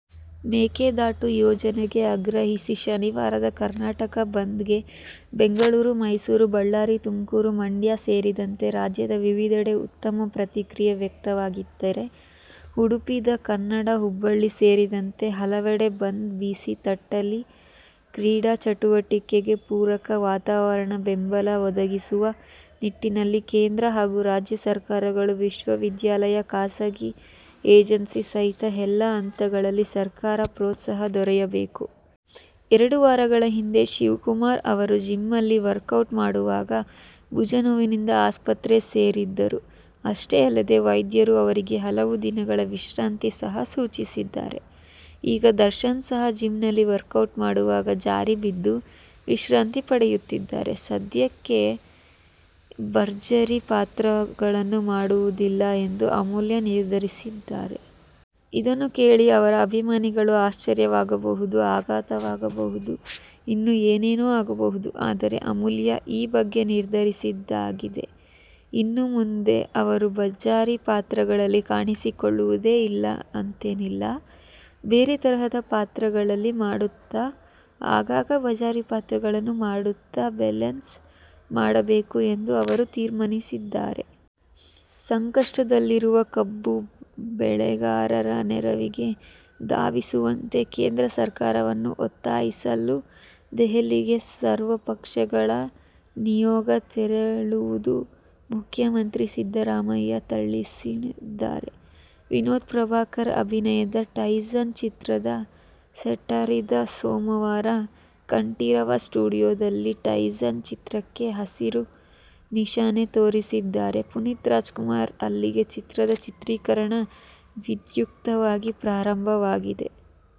ಮೇಕೆದಾಟು ಯೋಜನೆಗೆ ಆಗ್ರಹಿಸಿ ಶನಿವಾರದ ಕರ್ನಾಟಕ ಬಂದ್ ಗೆ ಬೆಂಗಳೂರು, ಮೈಸೂರು, ಬಳ್ಳಾರಿ, ತುಮಕೂರು, ಮಂಡ್ಯ ಸೇರಿದಂತೆ ರಾಜ್ಯದ ವಿವಿಧೆಡೆ ಉತ್ತಮ ಪ್ರತಿಕ್ರಿಯೆ ವ್ಯಕ್ತವಾಗಿದ್ದರೆ, ಉಡುಪಿ, ದ. ಕನ್ನಡ, ಹುಬ್ಬಳ್ಳಿ ಸೇರಿದಂತೆ ಹಲವೆಡೆ ಬಂದ್ ಬಿಸಿ ತಟ್ಟಿಲ್ಲ. ಕ್ರೀಡಾಚಟುವಟಿಕೆಗೆ ಪೂರಕ ವಾತಾವರಣ, ಬೆಂಬಲ ಒದಗಿಸುವ ನಿಟ್ಟಿನಲ್ಲಿ ಕೇಂದ್ರ ಹಾಗೂ ರಾಜ್ಯ ಸರಕಾರಗಳು, ವಿಶ್ವವಿದ್ಯಾಲಯ, ಖಾಸಗಿ ಏಜೆನ್ಸಿ ಸಹಿತ ಎಲ್ಲಾ ಹಂತಗಳಲ್ಲಿ ಸಹಕಾರ, ಪ್ರೋತ್ಸಾಹ ದೊರೆಯಬೇಕು. ಎರಡು ವಾರಗಳ ಹಿಂದಿನ ಮಾತು. ಶಿವರಾಜಕುಮಾರ್ ಅವರು ಜಿಮ್ನಲ್ಲಿ ವರ್ಕೌಟ್ ಮಾಡುವಾಗ, ಭುಜ ನೋವಿನಿಂದ ಆಸ್ಪತ್ರೆ ಸೇರಿದ್ದರು. ಅಷ್ಟೇ ಅಲ್ಲ, ವೈದ್ಯರು ಅವರಿಗೆ ಹಲವು ದಿನಗಳ ವಿಶ್ರಾಂತಿ ಸಹ ಸೂಚಿಸಿದ್ದರು. ಈಗ ದರ್ಶನ್ ಸಹ ಜಿಮ್ನಲ್ಲಿ ವರ್ಕೌಟ್ ಮಾಡುವಾಗ ಜಾರಿ ಬಿದ್ದು, ವಿಶ್ರಾಂತಿ ಪಡೆಯುತ್ತಿದ್ದಾರೆ. ಸದ್ಯಕ್ಕೆ ಬಜಾರಿ ಪಾತ್ರಗಳನ್ನು ಮಾಡುವುದಿಲ್ಲ ಎಂದು ಅಮೂಲ್ಯ ನಿರ್ಧರಿಸಿಬಿಟ್ಟಿದ್ದಾರೆ. ಇದನ್ನು ಕೇಳಿ ಅವರ ಅಭಿಮಾನಿಗಳಿಗೆ ಆಶ್ಚರ್ಯವಾಗಬಹುದು, ಆಘಾತವಾಗಬಹುದು, ಇನ್ನೂ ಏನೇನೋ ಆಗಬಹುದು. ಆದರೆ, ಅಮೂಲ್ಯ ಈ ಬಗ್ಗೆ ನಿರ್ಧರಿಸಿದ್ದಾಗಿದೆ. ಇನ್ನು ಮುಂದೆ ಅವರು ಬಜಾರಿ ಪಾತ್ರಗಳಲ್ಲಿ ಕಾಣಿಸಿಕೊಳ್ಳುವುದೇ ಇಲ್ಲ ಅಂತೇನಿಲ್ಲ. ಬೇರೆ ತರಹದ ಪಾತ್ರಗಳನ್ನೂ ಮಾಡುತ್ತಾ, ಆಗಾಗ ಬಜಾರಿ ಪಾತ್ರಗಳನ್ನೂ ಮಾಡುತ್ತಾ ಬ್ಯಾಲೆನ್ಸ್ ಮಾಡಬೇಕು ಎಂದು ಅವರು ತೀರ್ಮಾನಿಸಿದ್ದಾರೆ. ಸಂಕಷ್ಟದಲ್ಲಿರುವ ಕಬ್ಬು ಬೆಳೆಗಾರರ ನೆರವಿಗೆ ಧಾವಿಸುವಂತೆ ಕೇಂದ್ರ ಸರ್ಕಾರವನ್ನು ಒತ್ತಾಯಿಸಲು ದೆಹಲಿಗೆ ಸರ್ವಪಕ್ಷಗಳ ನಿಯೋಗ ತೆರಳುವುದಾಗಿ ಮುಖ್ಯಮಂತ್ರಿ ಸಿದ್ದರಾಮಯ್ಯ ತಿಳಿಸಿದ್ದಾರೆ. ವಿನೋದ್ ಪ್ರಭಾಕರ್ ಅಭಿನಯದ "ಟೈಸನ್' ಚಿತ್ರ ಸೆಟ್ಟೇರಿದೆ. ಸೋಮವಾರ ಕಂಠೀರವ ಸ್ಟುಡಿಯೋದಲ್ಲಿ "ಟೈಸನ್' ಚಿತ್ರಕ್ಕೆ ಹಸಿರು ನಿಶಾನೆ ತೋರಿಸಿದ್ದಾರೆ ಪುನೀತ್ ರಾಜಕುಮಾರ್. ಅಲ್ಲಿಗೆ ಚಿತ್ರದ ಚಿತ್ರೀಕರಣ ವಿಧ್ಯುಕ್ತವಾಗಿ ಪ್ರಾರಂಭವಾಗಿದೆ.